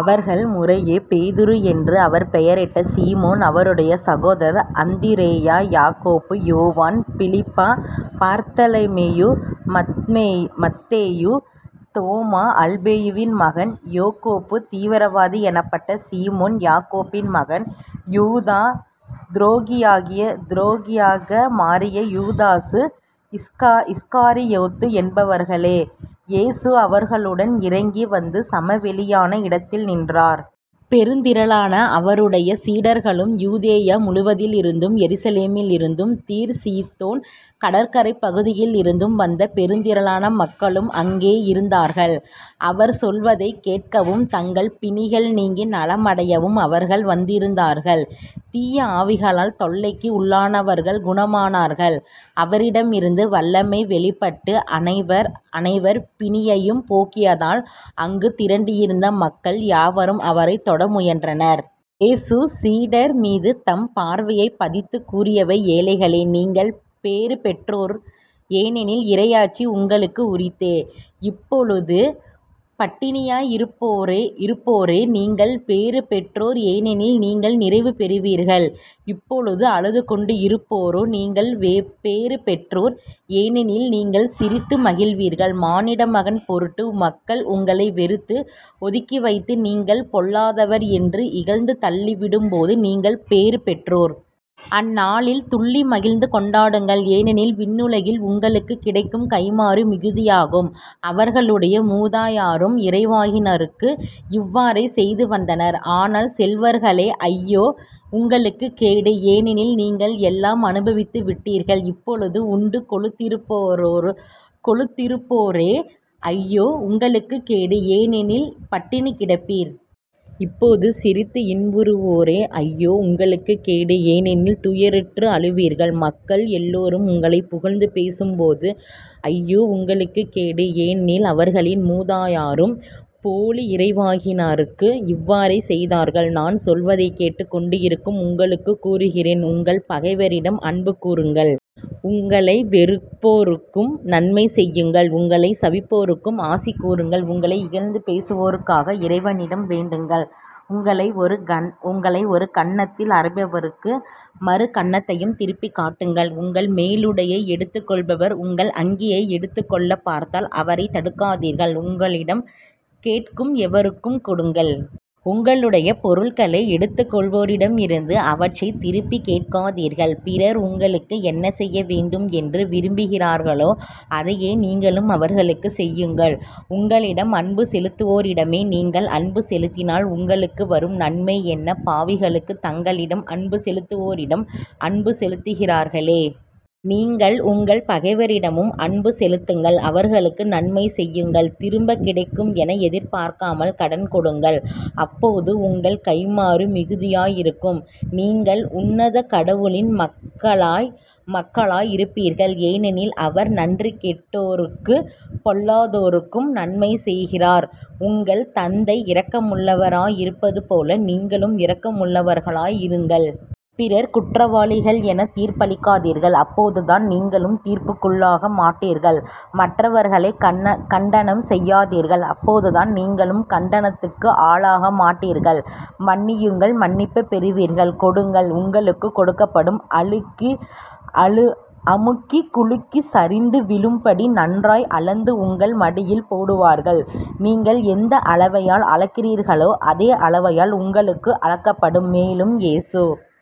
அவர்கள் முறையே பேதுரு என்று அவர் பெயரிட்ட சீமோன் அவருடைய சகோதரர் அந்திரேயா யாக்கோபு யோவான் பிலிப்ப, பர்த்தலமேயு மத்தேயு தோமா அல்பேயுவின் மகன் யாக்கோபு தீவிரவாதி எனப்பட்ட சீமோன் யாக்கோபின் மகன் யூதா துரோகியாக மாறிய யூதாசு இஸ்காரியோத்து என்பவர்களே. இயேசு அவர்களுடன் இறங்கி வந்து சமவெளியான இடத்தில் நின்றார். பெருந்திரளான அவருடைய சீடர்களும் யூதேயா முழுவதிலிருந்தும் எருசலேமிலிருந்தும் தீர் சீதோன் கடற்கரைப் பகுதிகளிலிருந்தும் வந்த பெருந்திரளான மக்களும் அங்கே இருந்தார்கள். அவர் சொல்வதைக் கேட்கவும் தங்கள் பிணிகள் நீங்கி நலமடையவும் அவர்கள் வந்திருந்தார்கள். தீய ஆவிகளால் தொல்லைக்கு உள்ளானவர்கள் குணமானார்கள். அவரிடமிருந்து வல்லமை வெளிப்பட்டு அனைவர் பிணியையும் போக்கியதால், அங்குத் திரண்டிருந்த மக்கள் யாவரும் அவரைத் தொட முயன்றனர். இயேசு சீடர்மீது தம் பார்வையைப் பதித்துக் கூறியவை"ஏழைகளே, நீங்கள் பேறுபெற்றோர். ஏனெனில் இறையாட்சி உங்களுக்கு உரியதே. இப்பொழுது பட்டினியாய் இருப்போரே நீங்கள் பேறு பெற்றோர் ஏனெனில் நீங்கள் நிறைவு பெறுவீர்கள். இப்பொழுது அழுதுகொண்டிருப்போரே நீங்கள் பேறுபெற்றோர் ஏனெனில் நீங்கள் சிரித்து மகிழ்வீர்கள். மானிடமகன் பொருட்டு மக்கள் உங்களை வெறுத்து, ஒதுக்கிவைத்து நீங்கள் பொல்லாதவர் என்று இகழ்ந்து தள்ளிவிடும்போது நீங்கள் பேறுபெற்றோர். அந்நாளில் துள்ளி மகிழ்ந்து கொண்டாடுங்கள் ஏனெனில் விண்ணுலகில் உங்களுக்குக் கிடைக்கும் கைம்மாறு மிகுதியாகும். அவர்களுடைய மூதாதையரும் இறைவாக்கினருக்கு இவ்வாறே செய்துவந்தனர். ஆனால் செல்வர்களே ஐயோ. உங்களுக்குக் கேடு. ஏனெனில் நீங்கள் எல்லாம் அனுபவித்துவிட்டீர்கள். இப்போது உண்டு கொழுந்திருப்போரே ஐயோ. உங்களுக்குக் கேடு. ஏனெனில் பட்டினி கிடப்பீர்கள். இப்போது சிரித்து இன்புறுவோரே ஐயோ. உங்களுக்குக் கேடு. ஏனெனில் துயருற்று அழுவீர்கள். மக்கள் எல்லாரும் உங்களைப் புகழ்ந்து பேசும்போது ஐயோ. உங்களுக்குக் கேடு. ஏனெனில் அவர்களின் மூதாதையரும் போலி இறைவாக்கினருக்கு இவ்வாறே செய்தார்கள். நான் சொல்வதைக் கேட்டுக் கொண்டிருக்கும் உங்களுக்குக் கூறுகிறேன் உங்கள் பகைவரிடம் அன்பு கூருங்கள். உங்களை வெறுப்போருக்கு நன்மை செய்யுங்கள். உங்களைச் சபிப்போருக்கு ஆசி கூறுங்கள். உங்களை இகழ்ந்து பேசுவோருக்காக இறைவனிடம் வேண்டுங்கள். உங்களை ஒரு கன்னத்தில் அறைபவருக்கு மறு கன்னத்தையும் திருப்பிக் காட்டுங்கள். உங்கள் மேலுடையை எடுத்துக் கொள்பவர் உங்கள் அங்கியையும் எடுத்துக்கொள்ளப் பார்த்தால் அவரைத் தடுக்காதீர்கள். உங்களிடம் கேட்கும் எவருக்கும் கொடுங்கள். உங்களுடைய பொருள்களை எடுத்துக் கொள்வோரிடமிருந்து அவற்றைத் திருப்பிக் கேட்காதீர்கள். பிறர் உங்களுக்கு என்ன செய்ய வேண்டும் என்று விரும்புகிறீர்களோ அதையே நீங்களும் அவர்களுக்குச் செய்யுங்கள். உங்களிடம் அன்பு செலுத்துவோரிடமே நீங்கள் அன்பு செலுத்தினால் உங்களுக்கு வரும் நன்மை என்ன? பாவிகளும் தங்களிடம் அன்பு செலுத்துவோரிடம் அன்பு செலுத்துகிறார்களே. நீங்கள் உங்கள் பகைவரிடமும் அன்பு செலுத்துங்கள். அவர்களுக்கு நன்மை செய்யுங்கள் திரும்பக் கிடைக்கும் என எதிர்பார்க்காமல் கடன் கொடுங்கள். அப்போது உங்கள் கைம்மாறு மிகுதியாய் இருக்கும். நீங்கள் உன்னத கடவுளின் மக்களாய் இருப்பீர்கள். ஏனெனில் அவர் நன்றி கெட்டோ ருக்கும் பொல்லாதோருக்கும் நன்மை செய்கிறார். உங்கள் தந்தை இரக்கமுள்ளவராய் இருப்பது போல நீங்களும் இரக்கம் உள்ளவர்களாய் இருங்கள். பிறர் குற்றவாளிகள் எனத் தீர்ப்பளிக்காதீர்கள் அப்போதுதான் நீங்களும் தீர்ப்புக்குள்ளாக மாட்டீர்கள். மற்றவர்களைக் கண்டனம் செய்யாதீர்கள் அப்போதுதான் நீங்களும் கண்டனத்துக்கு ஆளாக மாட்டீர்கள். மன்னியுங்கள் மன்னிப்புப் பெறுவீர்கள். கொடுங்கள். உங்களுக்குக் கொடுக்கப்படும். அமுக்கிக் குலுக்கிச் சரிந்து விழும்படி நன்றாய் அளந்து உங்கள் மடியில் போடுவார்கள். நீங்கள் எந்த அளவையால் அளக்கிறீர்களோ அதே அளவையால் உங்களுக்கும் அளக்கப்படும். மேலும் இயேசு